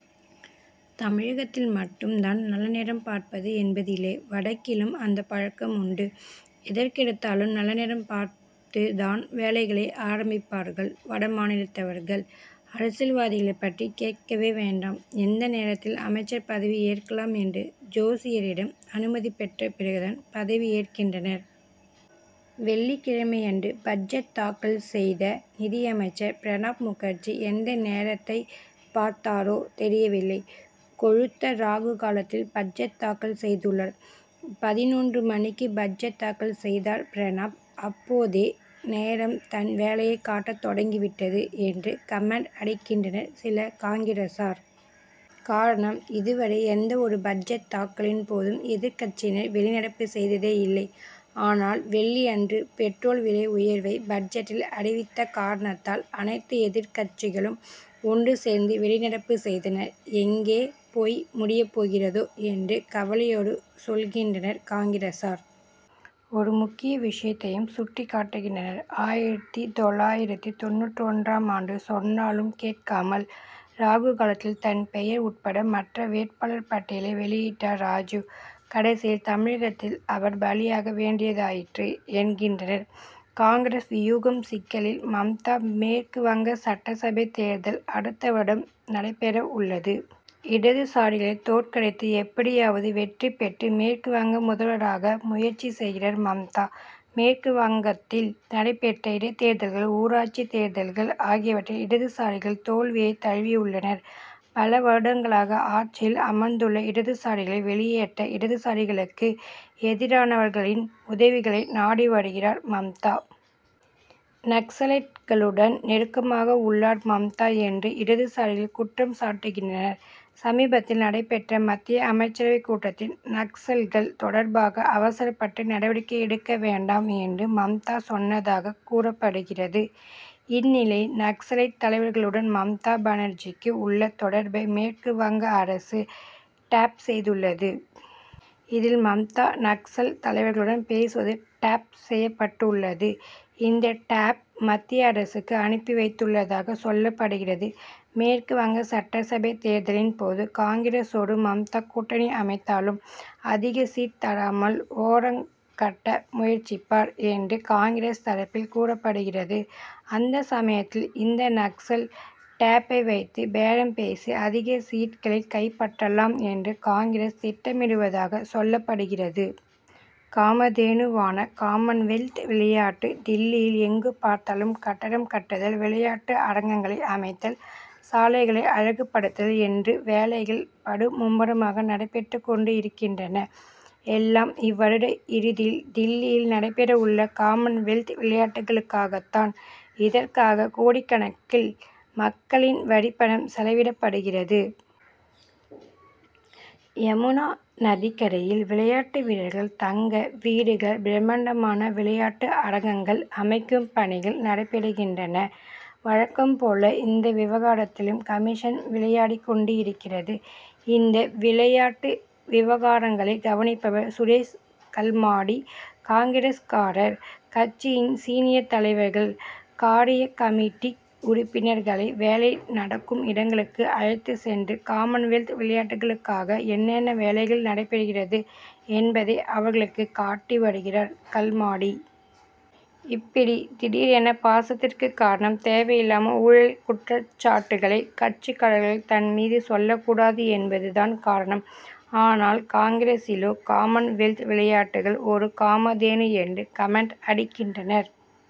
தமிழகத்தில் மட்டும் தான் நல்ல நேரம் பார்ப்பது என்பதில்லை. வடக்கிலும் அந்தப் பழக்கம் உண்டு. எதற்கெடுத்தாலும் நல்ல நேரம் பார்த்து தான் வேலைகளை ஆரம்பிப்பார்கள் வட மாநிலத்தவர்கள். அரசியல்வாதிகளைப் பற்றி கேட்கவே வேண்டாம். எந்த நேரத்தில் அமைச்சர் பதவி ஏற்கலாம் என்று ஜோசியரிடம் அனுமதி பெற்ற பிறகு தான் பதவியேற்கின்றனர். வெள்ளிக்கிழமையன்று பட்ஜெட் தாக்கல் செய்த நிதியமைச்சர் பிரணாப் முகர்ஜி எந்த நேரத்தைப் பார்த்தாரோ தெரியவில்லை. கொழுத்த ராகு காலத்தில் பட்ஜெட் தாக்கல் செய்துள்ளார். பதினொன்று மணிக்கு பட்ஜெட் தாக்கல் செய்தார் பிரணாப். 'அப்போதே நேரம் தன் வேலையைக் காட்டத் தொடங்கிவிட்டது என்று கமென்ட் அடிக்கின்றனர் சில காங்கிரசார். காரணம், இதுவரை எந்த ஒரு பட்ஜெட் தாக்கலின் போதும் எதிர்க்கட்சியினர் வெளிநடப்பு செய்ததே இல்லை. ஆனால், வெள்ளியன்று பெட்ரோல் விலை உயர்வை பட்ஜெட்டில் அறிவித்த காரணத்தால், அனைத்து எதிர்க்கட்சிகளும் ஒன்று சேர்ந்து வெளிநடப்பு செய்தன. எங்கே போய் முடியப் போகிறதோ என்று கவலையோடு சொல்கின்றனர் காங்கிரசார். ஒரு முக்கிய விஷயத்தையும் சுட்டிக் காட்டுகின்றனர். ஆயிரத்து தொள்ளாயிரத்து தொண்ணூற்றொன்றாம் ஆண்டு சொன்னாலும் கேட்காமல் ராகுகாலத்தில் தன் பெயர் உட்பட மற்ற வேட் பாளர் பட்டியலை வெளியிட்டார் ராஜிவ். கடைசியில் தமிழகத்தில் அவர் பலியாக வேண்டியதாயிற்று என்கின்றனர். காங்கிரஸ் வியூகம் சிக்கலில் மம்தா மேற்கு வங்க சட்டசபை தேர்தல் அடுத்த வருடம் நடைபெற உள்ளது. இடதுசாரிகளை தோற்கடித்து எப்படியாவது வெற்றி பெற்று மேற்கு வங்க முதல்வராக முயற்சி செய்கிறார் மம்தா. மேற்கு வங்கத் தில் நடைபெற்ற இடைத்தேர்தல்கள், ஊராட்சி தேர்தல்கள் ஆகியவற்றில் இடதுசாரிகள் தோல்வியைத் தழுவியுள்ளனர். பல வருடங்களாக ஆட்சியில் அமர்ந்துள்ள இடதுசாரிகளை வெளியேற்ற இடதுசாரிகளுக்கு எதிரானவர்களின் உதவிகளை நாடி வருகிறார் மம்தா. நக்சலைட்களுடன் நெருக்கமாக உள்ளார் மம்தா என்று இடதுசாரிகள் குற்றம் சாட்டுகின்றனர். சமீபத்தில் நடைபெற்ற மத்திய அமைச்சரவைக் கூட்டத்தில், நக்சல்கள் தொடர்பாக அவசரப்பட்டு நடவடிக்கை எடுக்க வேண்டாம் என்று மம்தா சொன்னதாகக் கூறப்படுகிறது. இந்நிலையில், நக்சலைட் தலைவர்களுடன் மம்தா பானர்ஜிக்கு உள்ள தொடர்பை மேற்கு வங்க அரசு டேப் செய்துள்ளது. இதில், மம்தா- நக்சல் தலைவர்களுடன் பேசுவது டேப் செய்யப்பட்டுள்ளது. இந்த டேப் மத்திய அரசுக்கு அனுப்பி வைத்துள்ளதாகச் சொல்லப்படுகிறது. மேற்கு வங்க சட்டசபை தேர்தலின் போது காங்கிரசோடு மம்தா கூட்டணி அமைத்தாலும் அதிக சீட் தராமல் ஓரங்கட்ட முயற்சிப்பார் என்று காங்கிரஸ் தரப்பில் கூறப்படுகிறது. அந்த சமயத்தில் இந்த நக்சல் டேப்பை வைத்து பேரம் பேசி அதிக சீட்களை கைப்பற்றலாம் என்று காங்கிரஸ் திட்டமிடுவதாக சொல்லப்படுகிறது. காமதேனுவானகாமன்வெல்த் விளையாட்டு டில்லியில் எங்கு பார்த்தாலும் கட்டடம் கட்டுதல், விளையாட்டு அரங்கங் களை அமைத்தல், சாலைகளை அழகு படுத்துதல் என்று வேலைகள் படு மும்முரமாக நடைபெற்றுக் கொண்டிருக்கின்றன. எல்லாம் இவ்வருட இறுதியில் டில்லியில் நடைபெற உள்ள காமன்வெல்த் விளையாட்டுகளுக்காகத்தான். இதற்காக கோடிக்கணக்கில் மக்களின் வரிப்பணம் செலவிடப்படுகிறது. யமுனா நதிக்கரையில் விளையாட்டு வீரர்கள் தங்க வீடுகள், பிரம்மாண்டமான விளையாட்டு அரங்கங்கள் அமைக்கும் பணிகள் நடைபெறுகின்றன. வழக்கம் போல, இந்த விவகாரத்திலும் கமிஷன் விளையாடிக் கொண்டிருக்கிறது. இந்த விளையாட்டு விவகாரங்களை கவனிப்பவர் சுரேஷ் கல்மாடி, காங்கிரஸ்காரர். கட்சியின் சீனியர் தலைவர்கள் காரியக்கமிட்டி உறுப்பினர் களை வேலை நடக்கும் இடங்களுக்கு அழைத்துச் சென்று காமன்வெல்த் விளையாட்டுகளுக்காக என்னென்ன வேலைகள் நடைபெறுகிறது என்பதை அவர்களுக்கு காட்டி வருகிறார் கல்மாடி. இப்படி திடீரென பாசத்திற்குக் காரணம், தேவையில்லாமல் ஊழல் குற்றச்சாட்டுகளை கட்சிக்காரர்கள் தன் மீது சொல் லக்கூடாது என்பது தான் காரணம். ஆனால், காங்கிரசிலோ, காமன் வெல்த் விளையாட்டுகள், ஒரு காமதேனு என்று கமென்ட் அடிக்கின்றனர்.